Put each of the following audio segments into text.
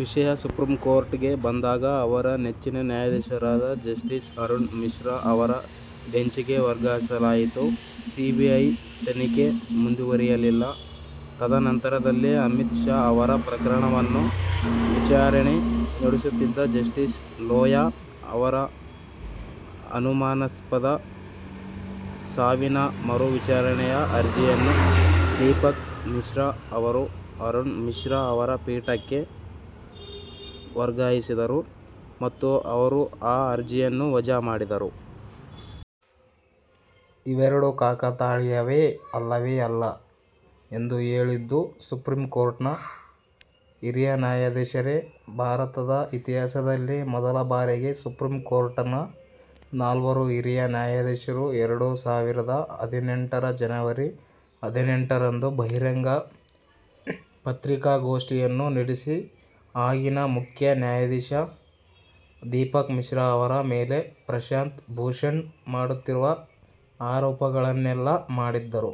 ವಿಷಯ ಸುಪ್ರೀಂಕೋರ್ಟ್ಗೆ ಬಂದಾಗ ಅವರ ನೆಚ್ಚಿನ ನ್ಯಾಯಾಧೀಶರಾದ ಜಸ್ಟೀಸ್ ಅರುಣ್ ಮಿಶ್ರಾ ಅವರ ಬೆಂಚಿಗೇ ವರ್ಗಾಯಿಸಲಾಯಿತು. ಸಿಬಿಐ ತನಿಖೆ ಮುಂದುವರಿಯಲಿಲ್ಲ. ತದ ನಂತರದಲ್ಲೇ ಅಮಿತ್ ಶಾ ಅವರ ಪ್ರಕರಣವನ್ನು ವಿಚಾರಣೆ ನಡೆಸುತ್ತಿದ್ದ ಜಸ್ಟೀಸ್ ಲೋಯಾ ಅವರ ಅನುಮಾನಾಸ್ಪದ ಸಾವಿನ ಮರು ವಿಚಾರಣೆಯ ಅರ್ಜಿಯನ್ನು ದೀಪಕ್ ಮಿಶ್ರಾ ಅವರು ಅರುಣ್ ಮಿಶ್ರಾ ಅವರ ಪೀಠಕ್ಕೆ ವರ್ಗಾಯಿಸಿದರು ಮತ್ತು ಅವರು ಆ ಅರ್ಜಿಯನ್ನು ವಜಾ ಮಾಡಿದರು. ಇವೆರಡೂ ಕಾಕತಾಳಿಯವೇ? ಅಲ್ಲವೇ ಅಲ್ಲ ಎಂದು ಹೇಳಿದ್ದು ಸುಪ್ರೀಂಕೋರ್ಟ್ನ ಹಿರಿಯ ನ್ಯಾಯಾಧೀಶರೇ.. ಭಾರತದ ಇತಿಹಾಸದಲ್ಲೇ ಮೊದಲ ಬಾರಿಗೆ ಸುಪ್ರೀಂಕೋರ್ಟ್ ನ ನಾಲ್ವರು ಹಿರಿಯ ನ್ಯಾಯಾಧೀಶರು ಎರಡು ಸಾವಿರದ ಹದಿನೆಂಟರ ಜನವರಿ ಹದಿನೆಂಟರಂದು ಬಹಿರಂಗ ಪತ್ರಿಕಾಗೋಷ್ಟಿಯನ್ನು ನಡೆಸಿ ಆಗಿನ ಮುಖ್ಯ ನ್ಯಾಯಾಧೀಶ ದೀಪಕ್ ಮಿಶ್ರಾ ಅವರ ಮೇಲೆ ಪ್ರಶಾಂತ್ ಭೂಷಣ್ ಮಾಡುತ್ತಿರುವ ಆರೋಪಗಳನ್ನೆಲ್ಲಾ ಮಾಡಿದ್ದರು.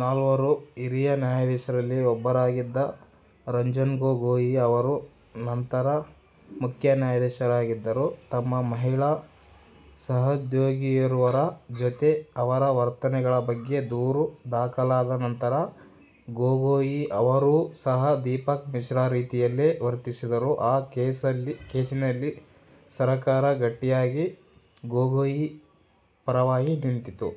ನಾಲ್ವರು ಹಿರಿಯ ನ್ಯಾಯಾಧೀಶರಲ್ಲಿ ಒಬ್ಬರಾಗಿದ್ದ ರಂಜನ್ಗೊಗೋಯಿ ಅವರು ನಂತರ ಮುಖ್ಯ ನ್ಯಾಯಾಧೀಶರಾಗಿದ್ದರು. ತಮ್ಮ ಮಹಿಳಾ ಸಹೋದ್ಯೋಗಿಯೋರ್ವರ ಜೊತೆ ಅವರ ವರ್ತನೆಗಳ ಬಗ್ಗೆ ದೂರು ದಾಖಲಾದ ನಂತರ ಗೊಗೋಯಿ ಅವರೂ ಸಹ ದೀಪಕ್ ಮಿಶ್ರಾ ರೀತಿಯಲ್ಲೇ ವರ್ತಿಸಿದರು. ಆ ಕೇಸಿನಲ್ಲಿ ಸರಕಾರ ಗಟ್ಟಿಯಾಗಿ ಗೊಗೋಯಿ ಪರವಾಗಿ ನಿಂತಿತು.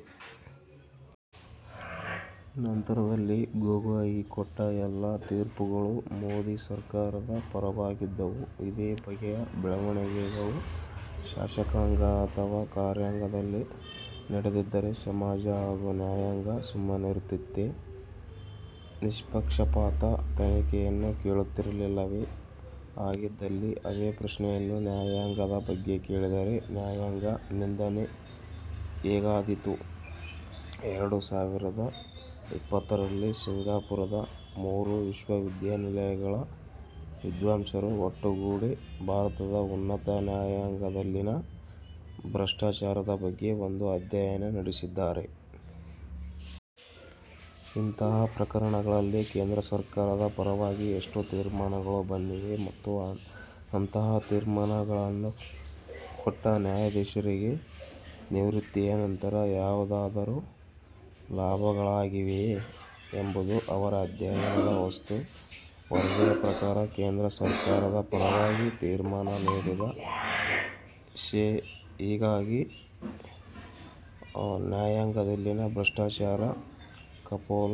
ನಂತರದಲ್ಲಿ ಗೊಗೋಯಿ ಕೊಟ್ಟ ಎಲ್ಲ ತೀರ್ಪುಗಳೂ ಮೋದಿ ಸರಕಾರದ ಪರವಾಗಿದ್ದವು. ಇದೇ ಬಗೆಯ ಬೆಳವಣಿಗೆಗಳು ಶಾಸಕಾಂಗ ಅಥವಾ ಕಾರ್ಯಾಂಗದಲ್ಲಿ ನಡೆದಿದ್ದರೆ ಸಮಾಜ ಹಾಗೂ ನ್ಯಾಯಾಂಗ ಸುಮ್ಮನಿರುತ್ತಿತ್ತೇ? ನಿಷ್ಪಕ್ಷಪಾತ ತನಿಖೆಯನ್ನು ಕೇಳುತ್ತಿರಲಿಲ್ಲವೇ? ಹಾಗಿದ್ದಲ್ಲಿ ಅದೇ ಪ್ರಶ್ನೆಯನ್ನು ನ್ಯಾಯಾಂಗದ ಬಗ್ಗೆ ಕೇಳಿದರೆ ನ್ಯಾಯಾಂಗ ನಿಂದನೆ ಹೇಗಾದೀತು? ಎರಡು ಸಾವಿರದ ಇಪ್ಪತ್ತರಲ್ಲಿ ಸಿಂಗಾಪೂರದ ಮೂರು ವಿಶ್ವವಿದ್ಯಾನಿಲಯಗಳ ವಿದ್ವಾಂಸರು ಒಟ್ಟುಗೂಡಿ ಭಾರತದ ಉನ್ನತ ನ್ಯಾಯಾಂಗದಲ್ಲಿನ ಭ್ರಷ್ಟಾಚಾರದ ಬಗ್ಗೆ ಒಂದು ಅಧ್ಯಯನ ನಡೆಸಿದ್ದಾರೆ. ಇಂತಹ ಪ್ರಕರಣಗಳಲ್ಲಿ ಕೇಂದ್ರ ಸರಕಾರದ ಪರವಾಗಿ ಎಷ್ಟು ತೀರ್ಮಾನಗಳು ಬಂದಿವೆ ಮತ್ತು ಅಂತಹ ತೀರ್ಮಾನಗಳನ್ನು ಕೊಟ್ಟ ನ್ಯಾಯಾಧೀಶರಿಗೆ ನಿವೃತ್ತಿಯ ನಂತರ ಯಾವುದಾದರೂ ಲಾಭಗಳಾಗಿವೆಯೇ ಎಂಬುದು ಅವರ ಅಧ್ಯಯನದ ವಸ್ತು.: ವರದಿಯ ಪ್ರಕಾರ ಕೇಂದ್ರ ಸರಕಾರದ ಪರವಾಗಿ ತೀರ್ಮಾನ ನೀಡಿದ ಶೇ. ಹೀಗಾಗಿ ನ್ಯಾಯಾಂಗದಲ್ಲಿನ ಭ್ರಷ್ಟಾಚಾರ ಕಪೋಲ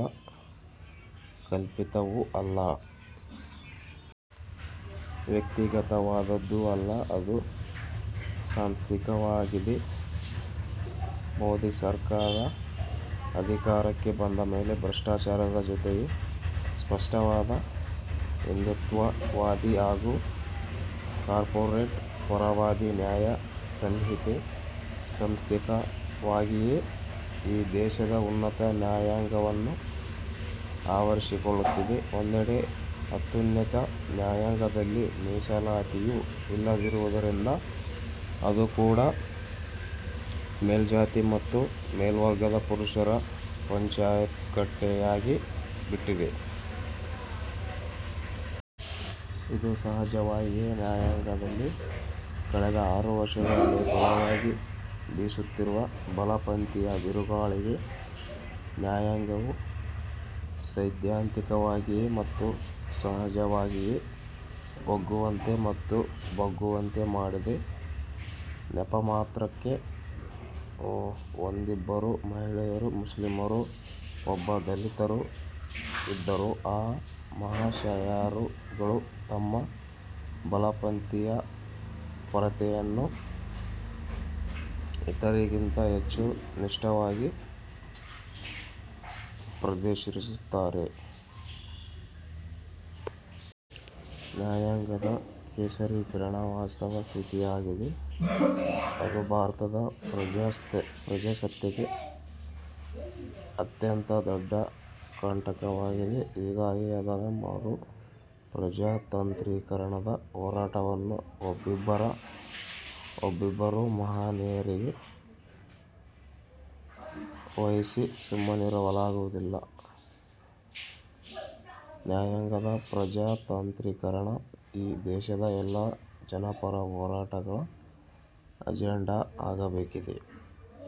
ಕಲ್ಪಿತವೂ ಅಲ್ಲ. ವ್ಯಕ್ತಿಗತವಾದದ್ದೂ ಅಲ್ಲ. ಅದು ಸಾಂಸ್ಥಿಕವಾಗಿದೆ. ಮೋದಿ ಸರಕಾರ ಅಧಿಕಾರಕ್ಕೆ ಬಂದ ಮೇಲೆ ಭ್ರಷ್ಟಾಚಾರದ ಜೊತೆಗೆ ಸ್ಪಷ್ಟವಾದ ಹಿಂದೂತ್ವವಾದಿ ಹಾಗೂ ಕಾರ್ಪೊರೇಟ್ ಪರವಾದಿ ನ್ಯಾಯ ಸಂಹಿತೆ ಸಾಂಸ್ಥಿಕವಾಗಿಯೇ ಈ ದೇಶದ ಉನ್ನತ ನ್ಯಾಯಾಂಗವನ್ನು ಆವರಿಸಿಕೊಳ್ಳುತ್ತಿದೆ. ಒಂದೆಡೆ ಅತ್ಯುನ್ನತ ನ್ಯಾಯಾಂಗದಲ್ಲಿ ಮೀಸಲಾತಿಯೂ ಇಲ್ಲದಿರುವುದರಿಂದ ಅದೂ ಕೂಡಾ ಮೇಲ್ಜಾತಿ ಮತ್ತು ಮೇಲ್ವರ್ಗದ ಪುರುಷರ ಪಂಚಾಯತ್ಕಟ್ಟೆಯಾಗಿ ಬಿಟ್ಟಿದೆ. ಇದು ಸಹಜವಾಗಿಯೇ ನ್ಯಾಯಾಂಗದಲ್ಲಿ ಕಳೆದ ಆರು ವರ್ಷಗಳಲ್ಲಿ ಬಲವಾಗಿ ಬೀಸುತ್ತಿರುವ ಬಲಪಂಥೀಯ ಬಿರುಗಾಳಿಗೆ ನ್ಯಾಯಾಂಗವು ಸೈದ್ಧಾಂತಿಕವಾಗಿಯೇ ಮತ್ತು ಸಹಜವಾಗಿಯೇ ಒಗ್ಗುವಂತೆ ಮತ್ತು ಬಗ್ಗುವಂತೆ ಮಾಡಿದೆ. ನೆಪಮಾತ್ರಕ್ಕೆ ಒಂದಿಬ್ಬರು ಮಹಿಳೆಯರು, ಮುಸ್ಲಿಮರು, ಒಬ್ಬ ದಲಿತರು ಇದ್ದರೂ ಆ ಮಹಾಶಯರುಗಳು ತಮ್ಮ ಬಲಪಂಥೀಯಪರತೆಯನ್ನು ಇತರಿಗಿಂತ ಹೆಚ್ಚು ನಿಷ್ಟವಾಗಿ ಪ್ರದರ್ಶಿಸುತ್ತಿದ್ದಾರೆ. ನ್ಯಾಯಾಂಗದ ಕೇಸರೀಕರಣ ವಾಸ್ತವ ಸ್ಥಿತಿಯಾಗಿದೆ. ಅದು ಭಾರತದ ಪ್ರಜಾಸತ್ತೆಗೆ ಅತ್ಯಂತ ದೊಡ್ಡ ಕಂಟಕವಾಗಿದೆ. ಹೀಗಾಗಿ ಅದರ ಮರುಪ್ರಜಾತಾಂತ್ರೀಕರಣದ ಹೋರಾಟವನ್ನು ಒಬ್ಬಿಬ್ಬರು ಮಹನೀಯರಿಗೆ ವಹಿಸಿ ಸುಮ್ಮನಿರಲಾಗುವುದಿಲ್ಲ. ನ್ಯಾಯಾಂಗದ ಪ್ರಜಾತಾಂತ್ರೀಕರಣ ಈ ದೇಶದ ಎಲ್ಲಾ ಜನಪರ ಹೋರಾಟಗಳ ಅಜೆಂಡಾ ಆಗಬೇಕಿದೆ.